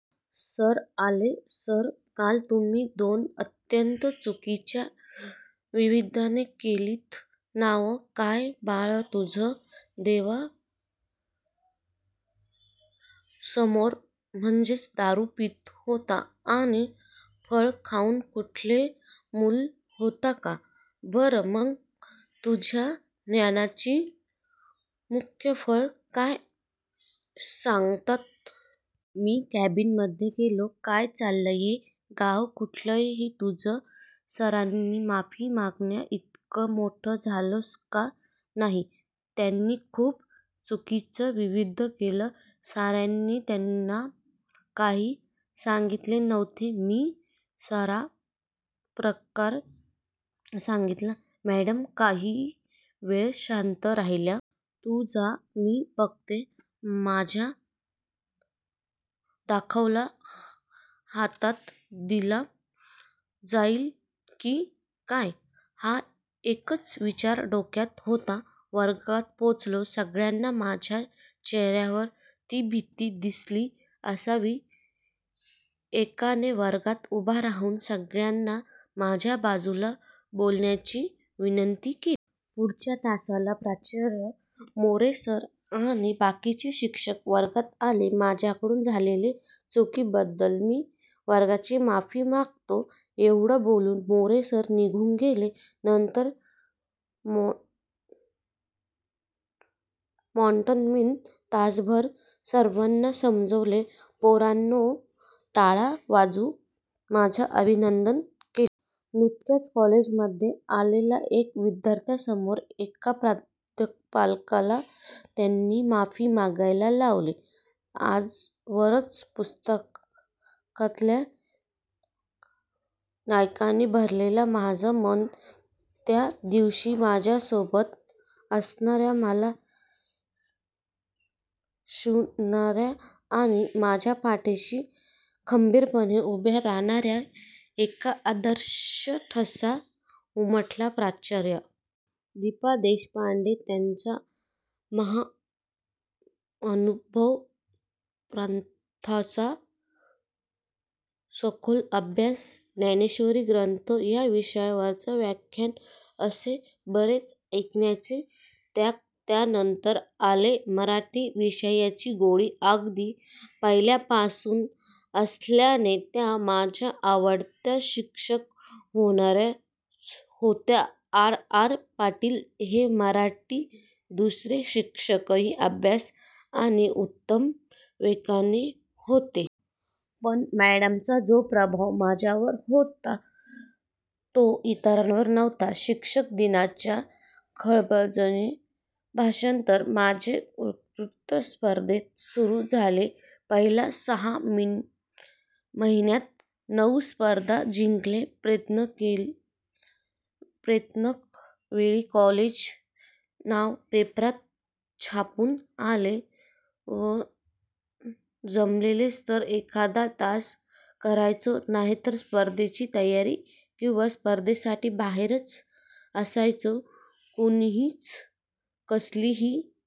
Sir आले,"सर काल तुम्ही दोन अत्यंत चुकिची विधानं केलीत" "नाव काय बाळा तुझं? " "देव सोमरस म्हणजेच दारू पीत होते आणि फळे खाऊन कुठे मुले होतात का? " "बर मग तुझ्या ज्ञानाची मुक्ताफळं काय सांगतात? मी केबीनमधे गेलो. "काय चाललय? गाव कुठलं तुझं? " "सरांनी माफी मागण्याइतका मोठा झालास का? " "नाही. त्यानी खूप चुकिची विधानं केली" सरांनी त्याना काही सांगितलेलं नव्हतं. मी सारा प्रकार सांगितला. मॅडम काही वेळ शांत राहिल्या. "तू जा मी बघते" माझा दाखला हातात दिला जाईल की काय? हा एकच विचार डोक्यात होता. वर्गात पोहोचलो. सगळ्यांना माझ्या चेहर्यावर ती भिती दिसली असावी. एकाने वर्गात उभा राहून सगळ्यांना माझ्या बाजूने बोलण्याची विनंती केली. पुढच्याच तासाला प्राचार्या, मोरे सर आणि बाकीचे शिक्षक वर्गात आले. "माझ्याकडून झालेल्या चुकिबद्दल मी वर्गाची माफी मागतो" एवढ बोलून मोरे सर निघून गेले. नंतर मॅडमनी तासभर सर्वांना समजावले. पोरांनी टाळ्या वाजवून माझं अभिनंदन केलं. नुकत्याच कॉलेजमधे आलेल्या एका विध्यार्थ्यासमोर एका प्राध्यापकाला त्यानी माफी मागायला लावली. आजवर पुस्तकातल्या नायकांनी भरलेल्या माझ्या मनात त्यादिवशी माझ्या सोबत असणार्या, मला शिकवणार्या आणि माझ्या पाठीशी खंबीरपणे उभा राहणार्या एका आदर्शाचा ठसा उमटला. प्राचार्या दिपा देशपांडे. त्यांचा महानुभव पंथाचा सखोल अभ्यास, ज्ञानेश्वरी, गाथा या विषयांवरची व्याख्यानं असं बरच ऐकण्याचा योग त्यानंतर आला. मराठी विषयाची गोडी अगदी पहिल्यापासून असल्याने त्या माझ्या आवडत्या शिक्षीका होणारच होत्या. आर. आर. पाटील हे मराठीचे दुसरे शिक्षकही अभ्यासू आणि उत्तम वक्ते होते. पण मॅडमचा जो प्रभाव माझ्यावर होता तो इतरांचा नव्हता. शिक्षक दिनाच्या खळबळजनक भषणानंतर माझ्या वक्तृत्व स्पर्धा सुरू झाल्या. पहिल्या सहा महिन्यात नऊ स्पर्धा जिंकलेल्या. प्रत्येक वेळी कॉलेजचे नाव पेपरात छापून आलेलं. जमलच तर एखादा तास करायचो नाहीतर स्पर्धेची तयारी किंवा स्पर्धेसाठी बाहेरच असायचो. कुणाची कसलीही--